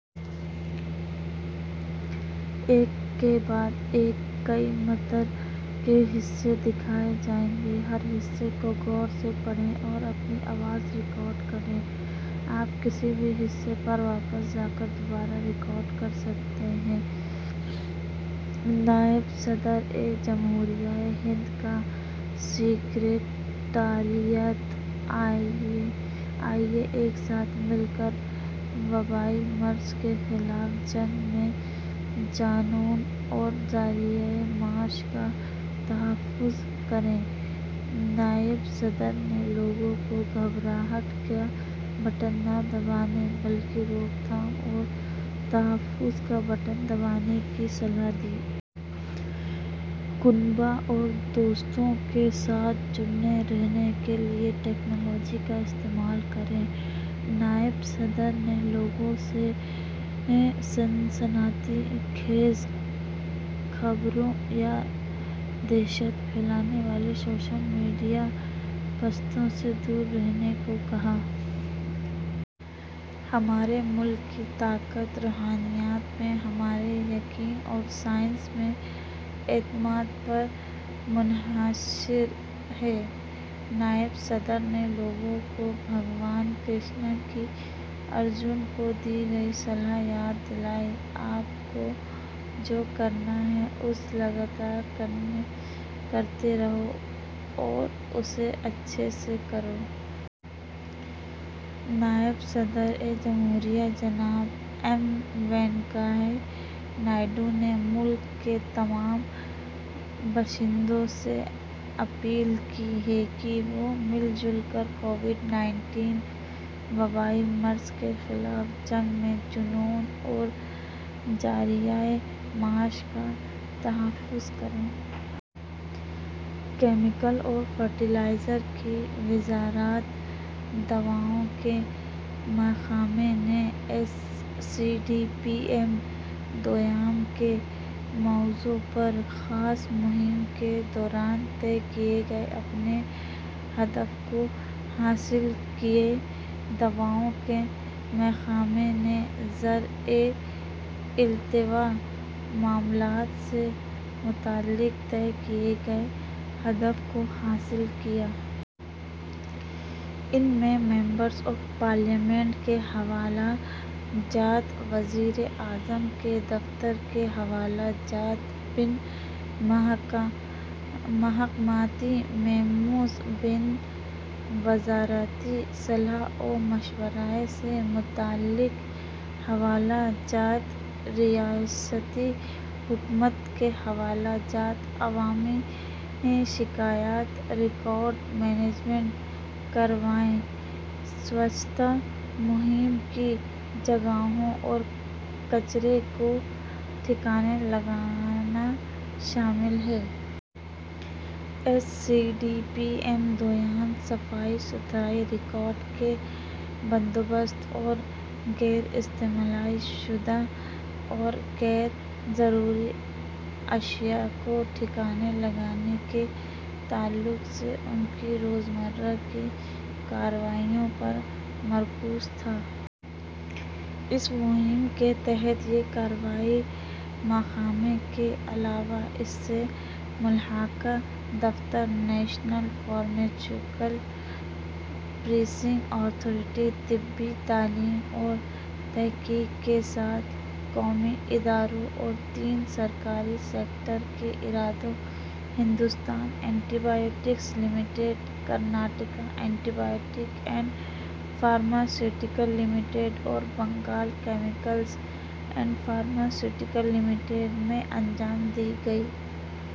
نائب صدر جمہوریہ ہند کا سکریٹریٹ۔ آئیے ایک ساتھ مل کر وبائی مرض کے خلاف جنگ میں جانوں اور ذریعہ معاش کا تحفظ کریں۔ نائب صدر نے لوگوں کو گھبراہٹ کا بٹن نہ دبانے بلکہ روک تھام اور تحفظ کے بٹن دبانے کی صلاح دی۔ کنبہ اور دوستوں کے ساتھ جڑے رہنے کے لیے ٹیکنالوجی کا استعمال کریں۔ نائب صدر نے لوگوں سے سنسنی خیز خبروں یا دہشت پھیلانے والی سوشل میڈیا پوسٹوں سے دور رہنے کو کہا۔ ہمارے ملک کی طاقت روحانیت میں ہمارے یقین اور سائنس میں اعتماد پر مضمر ہے۔ نائب صدر نے لوگوں کو بھگوان کرشن کی ارجن کو دی گئی صلاح یاد دلائی، آپ کو جو کرنا ہے اسے مسلسل کرتے رہو اور اسے اچھے سے کرو۔ نائب صدر جمہوریہ جناب ایم وینکیا نائیڈو نے ملک کے تمام باشندوں سے اپیل کی ہے کہ وہ مل جل کر کووڈ انیس وبائی مرض کے خلاف جنگ میں جانوں اور ذریعہ معاش کا تحفظ کریں۔ کیمیکلز اور فرٹیلائزر کی وزارت، دواؤں کے محکمے نے، S C D P M دوئم کے موضوع پر خصوصی مہم کے دوران طے کیے گئے اپنے اہداف کو حاصل کیا۔ دواؤں کے محکمے نے زیر التوا معاملوں سے متعلق طے کیے گئے اہداف کو حاصل کیا۔ ان میں ممبران پارلیمنٹ کے حوالہ جات، وزیر اعظم کے دفتر کے حوالہ جات، بین محکمہ جاتی میموز، بین وزارتی صلاح و مشورے سے متعلق حوالہ جات، ریاستی حکومت کے حوالہ جات، عوامی شکایات، ریکارڈ مینجمنٹ، کارروائیاں، سووچھتا مہم کی جگہوں اور کچرے کو ٹھکانے لگانا شامل ہے۔ S C D P M دوئم صفائی ستھرائی، ریکارڈ کے بندوبست اور غیر استعمال شدہ اور غیر روایتی اشیا کو ٹھکانے لگانے کے تعلق سے ان کی روز مرہ کی کارروائیوں پر مرکوز تھا۔ اس مہم کے تحت یہ کارروائیاں محکمے کے علاوہ اس سے ملحقہ دفتر، نیشنل فارماسیوٹیکل پرائسنگ اتھارٹی، طبی تعلیم اور تحقیق کے سات قومی اداروں اور تین سرکاری سیکٹر کے اداروں، Hindustan anti biotics limited, Karnataka anti biotics and pharmaceutical limited اور Bengal chemicals and pharmaceutical limited میں انجام دی گئیں۔